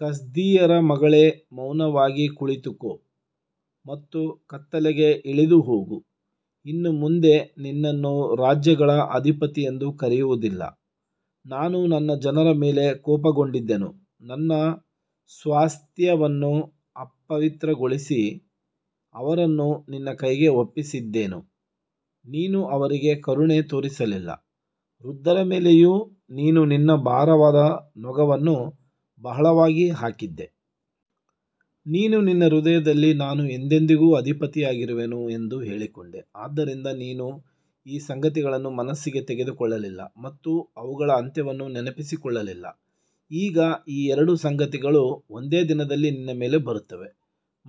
ಕಸ್ದೀಯರ ಮಗಳೇ, ಮೌನವಾಗಿ ಕುಳಿತುಕೋ ಮತ್ತು ಕತ್ತಲೆಗೆ ಇಳಿದುಹೋಗು. ಇನ್ನು ಮುಂದೆ ನಿನ್ನನ್ನು ರಾಜ್ಯಗಳ ಅಧಿಪತಿಯೆಂದು ಕರೆಯುವುದಿಲ್ಲ. ನಾನು ನನ್ನ ಜನರ ಮೇಲೆ ಕೋಪಗೊಂಡಿದ್ದೆನು. ನನ್ನ ಸ್ವಾಸ್ತ್ಯವನ್ನು ಅಪವಿತ್ರಗೊಳಿಸಿ ಅವರನ್ನು ನಿನ್ನ ಕೈಗೆ ಒಪ್ಪಿಸಿದ್ದೆನು. ನೀನು ಅವರಿಗೆ ಕರುಣೆ ತೋರಿಸಲಿಲ್ಲ. ವೃದ್ಧರ ಮೇಲೆಯೂ ನೀನು ನಿನ್ನ ಭಾರವಾದ ನೊಗವನ್ನು ಬಹಳವಾಗಿ ಹಾಕಿದ್ದೆ. ನೀನು ನಿನ್ನ ಹೃದಯದಲ್ಲಿ, ನಾನು ಎಂದೆಂದಿಗೂ ಅಧಿಪತಿಯಾಗಿರುವೆನು ಎಂದು ಹೇಳಿಕೊಂಡೆ. ಆದ್ದರಿಂದ ನೀನು ಈ ಸಂಗತಿಗಳನ್ನು ಮನಸ್ಸಿಗೆ ತೆಗೆದುಕೊಳ್ಳಲಿಲ್ಲ ಮತ್ತು ಅವುಗಳ ಅಂತ್ಯವನ್ನು ನೆನಪಿಸಿಕೊಳ್ಳಲಿಲ್ಲ. ಈಗ ಈ ಎರಡು ಸಂಗತಿಗಳು ಒಂದೇ ದಿನದಲ್ಲಿ ನಿನ್ನ ಮೇಲೆ ಬರುತ್ತವೆ.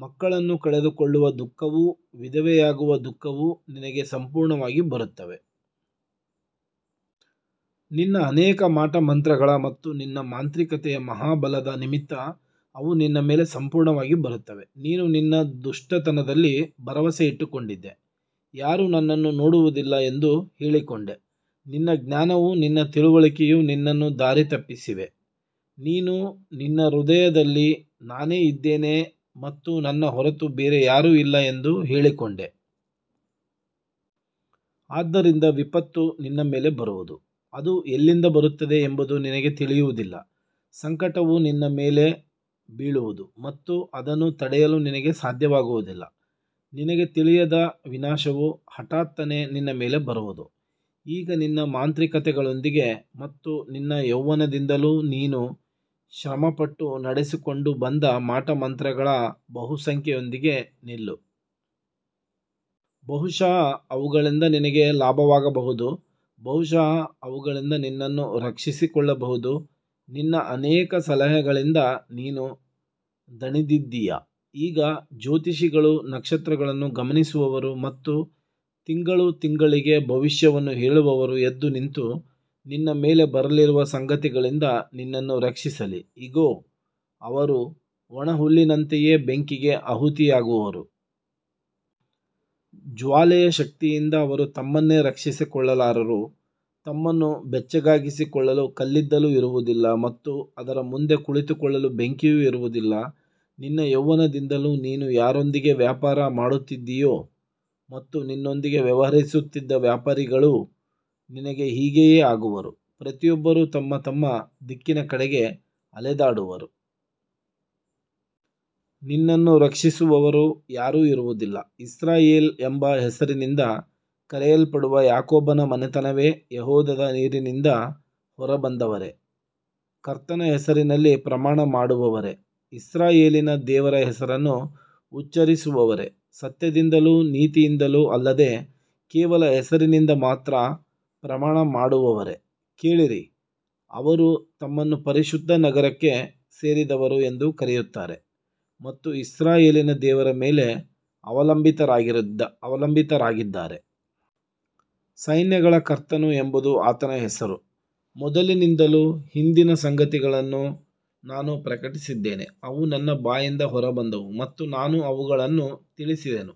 ಮಕ್ಕಳನ್ನು ಕಳೆದುಕೊಳ್ಳುವ ದುಃಖವೂ ವಿಧವೆಯಾಗುವ ದುಃಖವೂ ನಿನಗೆ ಸಂಪೂರ್ಣವಾಗಿ ಬರುತ್ತವೆ. ನಿನ್ನ ಅನೇಕ ಮಾಟಮಂತ್ರಗಳ ಮತ್ತು ನಿನ್ನ ಮಾಂತ್ರಿಕತೆಯ ಮಹಾ ಬಲದ ನಿಮಿತ್ತ ಅವು ನಿನ್ನ ಮೇಲೆ ಸಂಪೂರ್ಣವಾಗಿ ಬರುತ್ತವೆ. ನೀನು ನಿನ್ನ ದುಷ್ಟತನದಲ್ಲಿ ಭರವಸೆ ಇಟ್ಟುಕೊಂಡಿದ್ದೆ. ಯಾರೂ ನನ್ನನ್ನು ನೋಡುವುದಿಲ್ಲ ಎಂದು ಹೇಳಿಕೊಂಡೆ. ನಿನ್ನ ಜ್ಞಾನವೂ ನಿನ್ನ ತಿಳುವಳಿಕೆಯೂ ನಿನ್ನನ್ನು ದಾರಿ ತಪ್ಪಿಸಿವೆ. ನೀನು ನಿನ್ನ ಹೃದಯದಲ್ಲಿ, ನಾನೇ ಇದ್ದೇನೆ ಮತ್ತು ನನ್ನ ಹೊರತು ಬೇರೆ ಯಾರೂ ಇಲ್ಲ ಎಂದು ಹೇಳಿಕೊಂಡೆ. ಆದ್ದರಿಂದ ವಿಪತ್ತು ನಿನ್ನ ಮೇಲೆ ಬರುವುದು. ಅದು ಎಲ್ಲಿಂದ ಬರುತ್ತದೆ ಎಂಬುದು ನಿನಗೆ ತಿಳಿಯುವುದಿಲ್ಲ. ಸಂಕಟವು ನಿನ್ನ ಮೇಲೆ ಬೀಳುವುದು ಮತ್ತು ಅದನ್ನು ತಡೆಯಲು ನಿನಗೆ ಸಾಧ್ಯವಾಗುವುದಿಲ್ಲ. ನಿನಗೆ ತಿಳಿಯದ ವಿನಾಶವು ಹಠಾತ್ತನೆ ನಿನ್ನ ಮೇಲೆ ಬರುವುದು. ಈಗ ನಿನ್ನ ಮಾಂತ್ರಿಕತೆಗಳೊಂದಿಗೆ ಮತ್ತು ನಿನ್ನ ಯೌವನದಿಂದಲೂ ನೀನು ಶ್ರಮಪಟ್ಟು ನಡೆಸಿಕೊಂಡು ಬಂದ ಮಾಟಮಂತ್ರಗಳ ಬಹುಸಂಖ್ಯೆಯೊಂದಿಗೆ ನಿಲ್ಲು. ಬಹುಶಃ ಅವುಗಳಿಂದ ನಿನಗೆ ಲಾಭವಾಗಬಹುದು. ಬಹುಶಃ ಅವುಗಳಿಂದ ನಿನ್ನನ್ನು ರಕ್ಷಿಸಿಕೊಳ್ಳಬಹುದು. ನಿನ್ನ ಅನೇಕ ಸಲಹೆಗಳಿಂದ ನೀನು ದಣಿದಿದ್ದೀಯ. ಈಗ ಜ್ಯೋತಿಷಿಗಳು, ನಕ್ಷತ್ರಗಳನ್ನು ಗಮನಿಸುವವರು ಮತ್ತು ತಿಂಗಳುತಿಂಗಳಿಗೆ ಭವಿಷ್ಯವನ್ನು ಹೇಳುವವರು ಎದ್ದು ನಿಂತು ನಿನ್ನ ಮೇಲೆ ಬರಲಿರುವ ಸಂಗತಿಗಳಿಂದ ನಿನ್ನನ್ನು ರಕ್ಷಿಸಲಿ. ಇಗೋ, ಅವರು ಒಣ ಹುಲ್ಲಿನಂತೆಯೇ ಬೆಂಕಿಗೆ ಆಹುತಿಯಾಗುವರು. ಜ್ವಾಲೆಯ ಶಕ್ತಿಯಿಂದ ಅವರು ತಮ್ಮನ್ನೇ ರಕ್ಷಿಸಿಕೊಳ್ಳಲಾರರು. ತಮ್ಮನ್ನು ಬೆಚ್ಚಗಾಗಿಸಿಕೊಳ್ಳಲು ಕಲ್ಲಿದ್ದಲೂ ಇರುವುದಿಲ್ಲ ಮತ್ತು ಅದರ ಮುಂದೆ ಕುಳಿತುಕೊಳ್ಳಲು ಬೆಂಕಿಯೂ ಇರುವುದಿಲ್ಲ. ನಿನ್ನ ಯೌವನದಿಂದಲೂ ನೀನು ಯಾರೊಂದಿಗೆ ವ್ಯಾಪಾರ ಮಾಡುತ್ತಿದ್ದೀಯೋ ಮತ್ತು ನಿನ್ನೊಂದಿಗೆ ವ್ಯವಹರಿಸುತ್ತಿದ್ದ ವ್ಯಾಪಾರಿಗಳೂ ನಿನಗೆ ಹೀಗೆಯೇ ಆಗುವರು. ಪ್ರತಿಯೊಬ್ಬರೂ ತಮ್ಮ ತಮ್ಮ ದಿಕ್ಕಿನ ಕಡೆಗೆ ಅಲೆದಾಡುವರು. ನಿನ್ನನ್ನು ರಕ್ಷಿಸುವವರು ಯಾರೂ ಇರುವುದಿಲ್ಲ. ಇಸ್ರಾಯೇಲ್ ಎಂಬ ಹೆಸರಿನಿಂದ ಕರೆಯಲ್ಪಡುವ ಯಾಕೋಬನ ಮನೆತನವೇ, ಯೆಹೂದದ ನೀರಿನಿಂದ ಹೊರಬಂದವರೇ, ಕರ್ತನ ಹೆಸರಿನಲ್ಲಿ ಪ್ರಮಾಣಮಾಡುವವರೇ, ಇಸ್ರಾಯೇಲಿನ ದೇವರ ಹೆಸರನ್ನು ಉಚ್ಚರಿಸುವವರೇ, ಸತ್ಯದಿಂದಲೂ ನೀತಿಯಿಂದಲೂ ಅಲ್ಲದೆ ಕೇವಲ ಹೆಸರಿನಿಂದ ಮಾತ್ರ ಪ್ರಮಾಣಮಾಡುವವರೇ, ಕೇಳಿರಿ. ಅವರು ತಮ್ಮನ್ನು ಪರಿಶುದ್ಧ ನಗರಕ್ಕೆ ಸೇರಿದವರು ಎಂದು ಕರೆಯುತ್ತಾರೆ ಮತ್ತು ಇಸ್ರಾಯೇಲಿನ ದೇವರ ಮೇಲೆ ಅವಲಂಬಿತರಾಗಿದ್ದಾರೆ. ಸೈನ್ಯಗಳ ಕರ್ತನು ಎಂಬುದು ಆತನ ಹೆಸರು. ಮೊದಲಿನಿಂದಲೂ ಹಿಂದಿನ ಸಂಗತಿಗಳನ್ನು ನಾನು ಪ್ರಕಟಿಸಿದ್ದೇನೆ. ಅವು ನನ್ನ ಬಾಯಿಂದ ಹೊರಬಂದವು ಮತ್ತು ನಾನು ಅವುಗಳನ್ನು ತಿಳಿಸಿದೆನು.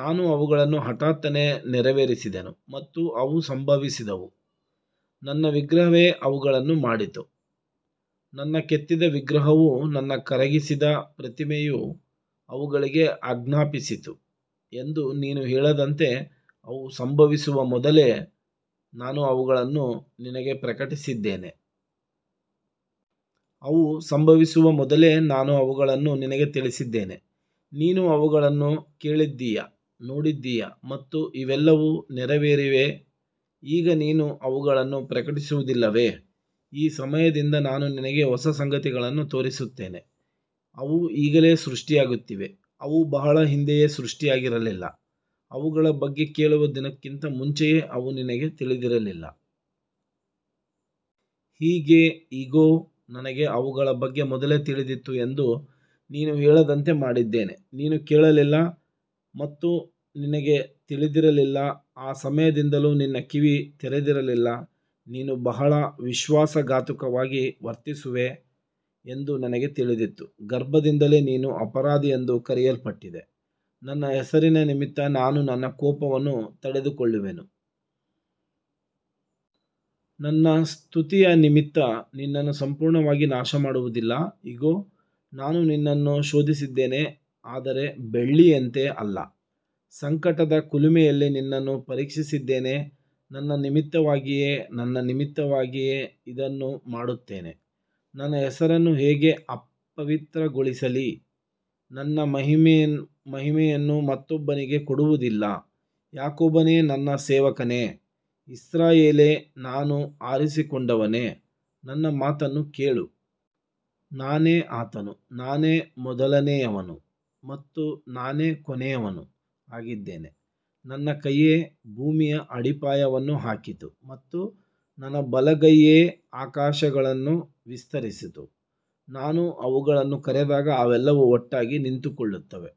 ನಾನು ಅವುಗಳನ್ನು ಹಠಾತ್ತನೆ ನೆರವೇರಿಸಿದೆನು ಮತ್ತು ಅವು ಸಂಭವಿಸಿದವು. ನನ್ನ ವಿಗ್ರಹವೇ ಅವುಗಳನ್ನು ಮಾಡಿತು, ನನ್ನ ಕೆತ್ತಿದ ವಿಗ್ರಹವೂ ನನ್ನ ಕರಗಿಸಿದ ಪ್ರತಿಮೆಯೂ ಅವುಗಳಿಗೆ ಆಜ್ಞಾಪಿಸಿತು ಎಂದು ನೀನು ಹೇಳದಂತೆ, ಅವು ಸಂಭವಿಸುವ ಮೊದಲೇ ನಾನು ಅವುಗಳನ್ನು ನಿನಗೆ ಪ್ರಕಟಿಸಿದ್ದೇನೆ. ಅವು ಸಂಭವಿಸುವ ಮೊದಲೇ ನಾನು ಅವುಗಳನ್ನು ನಿನಗೆ ತಿಳಿಸಿದ್ದೇನೆ. ನೀನು ಅವುಗಳನ್ನು ಕೇಳಿದ್ದೀಯೆ, ನೋಡಿದ್ದೀಯೆ ಮತ್ತು ಇವೆಲ್ಲವೂ ನೆರವೇರಿವೆ. ಈಗ ನೀನು ಅವುಗಳನ್ನು ಪ್ರಕಟಿಸುವುದಿಲ್ಲವೇ? ಈ ಸಮಯದಿಂದ ನಾನು ನಿನಗೆ ಹೊಸ ಸಂಗತಿಗಳನ್ನು ತೋರಿಸುತ್ತೇನೆ. ಅವು ಈಗಲೇ ಸೃಷ್ಟಿಯಾಗುತ್ತಿವೆ. ಅವು ಬಹಳ ಹಿಂದೆಯೇ ಸೃಷ್ಟಿಯಾಗಿರಲಿಲ್ಲ. ಅವುಗಳ ಬಗ್ಗೆ ಕೇಳುವ ದಿನಕ್ಕಿಂತ ಮುಂಚೆಯೇ ಅವು ನಿನಗೆ ತಿಳಿದಿರಲಿಲ್ಲ. ಹೀಗೆ, ಇಗೋ, ನನಗೆ ಅವುಗಳ ಬಗ್ಗೆ ಮೊದಲೇ ತಿಳಿದಿತ್ತು ಎಂದು ನೀನು ಹೇಳದಂತೆ ಮಾಡಿದ್ದೇನೆ. ನೀನು ಕೇಳಲಿಲ್ಲ ಮತ್ತು ನಿನಗೆ ತಿಳಿದಿರಲಿಲ್ಲ. ಆ ಸಮಯದಿಂದಲೂ ನಿನ್ನ ಕಿವಿ ತೆರೆದಿರಲಿಲ್ಲ. ನೀನು ಬಹಳ ವಿಶ್ವಾಸಘಾತುಕವಾಗಿ ವರ್ತಿಸುವೆ ಎಂದು ನನಗೆ ತಿಳಿದಿತ್ತು. ಗರ್ಭದಿಂದಲೇ ನೀನು ಅಪರಾಧಿಯೆಂದು ಕರೆಯಲ್ಪಟ್ಟಿದ್ದೆ. ನನ್ನ ಹೆಸರಿನ ನಿಮಿತ್ತ ನಾನು ನನ್ನ ಕೋಪವನ್ನು ತಡೆದುಕೊಳ್ಳುವೆನು. ನನ್ನ ಸ್ತುತಿಯ ನಿಮಿತ್ತ ನಿನ್ನನ್ನು ಸಂಪೂರ್ಣವಾಗಿ ನಾಶಮಾಡುವುದಿಲ್ಲ. ಇಗೋ, ನಾನು ನಿನ್ನನ್ನು ಶೋಧಿಸಿದ್ದೇನೆ, ಆದರೆ ಬೆಳ್ಳಿಯಂತೆ ಅಲ್ಲ. ಸಂಕಟದ ಕುಲುಮೆಯಲ್ಲಿ ನಿನ್ನನ್ನು ಪರೀಕ್ಷಿಸಿದ್ದೇನೆ. ನನ್ನ ನಿಮಿತ್ತವಾಗಿಯೇ, ನನ್ನ ನಿಮಿತ್ತವಾಗಿಯೇ ಇದನ್ನು ಮಾಡುತ್ತೇನೆ. ನನ್ನ ಹೆಸರನ್ನು ಹೇಗೆ ಅಪವಿತ್ರಗೊಳಿಸಲಿ? ನನ್ನ ಮಹಿಮೆಯನ್ನು ಮತ್ತೊಬ್ಬನಿಗೆ ಕೊಡುವುದಿಲ್ಲ. ಯಾಕೋಬನೇ, ನನ್ನ ಸೇವಕನೇ, ಇಸ್ರಾಯೇಲೇ, ನಾನು ಆರಿಸಿಕೊಂಡವನೇ, ನನ್ನ ಮಾತನ್ನು ಕೇಳು. ನಾನೇ ಆತನು. ನಾನೇ ಮೊದಲನೆಯವನು ಮತ್ತು ನಾನೇ ಕೊನೆಯವನೂ ಆಗಿದ್ದೇನೆ. ನನ್ನ ಕೈಯೇ ಭೂಮಿಯ ಅಡಿಪಾಯವನ್ನು ಹಾಕಿತು ಮತ್ತು ನನ್ನ ಬಲಗೈಯೇ ಆಕಾಶಗಳನ್ನು ವಿಸ್ತರಿಸಿತು. ನಾನು ಅವುಗಳನ್ನು ಕರೆದಾಗ ಅವೆಲ್ಲವೂ ಒಟ್ಟಾಗಿ ನಿಂತುಕೊಳ್ಳುತ್ತವೆ.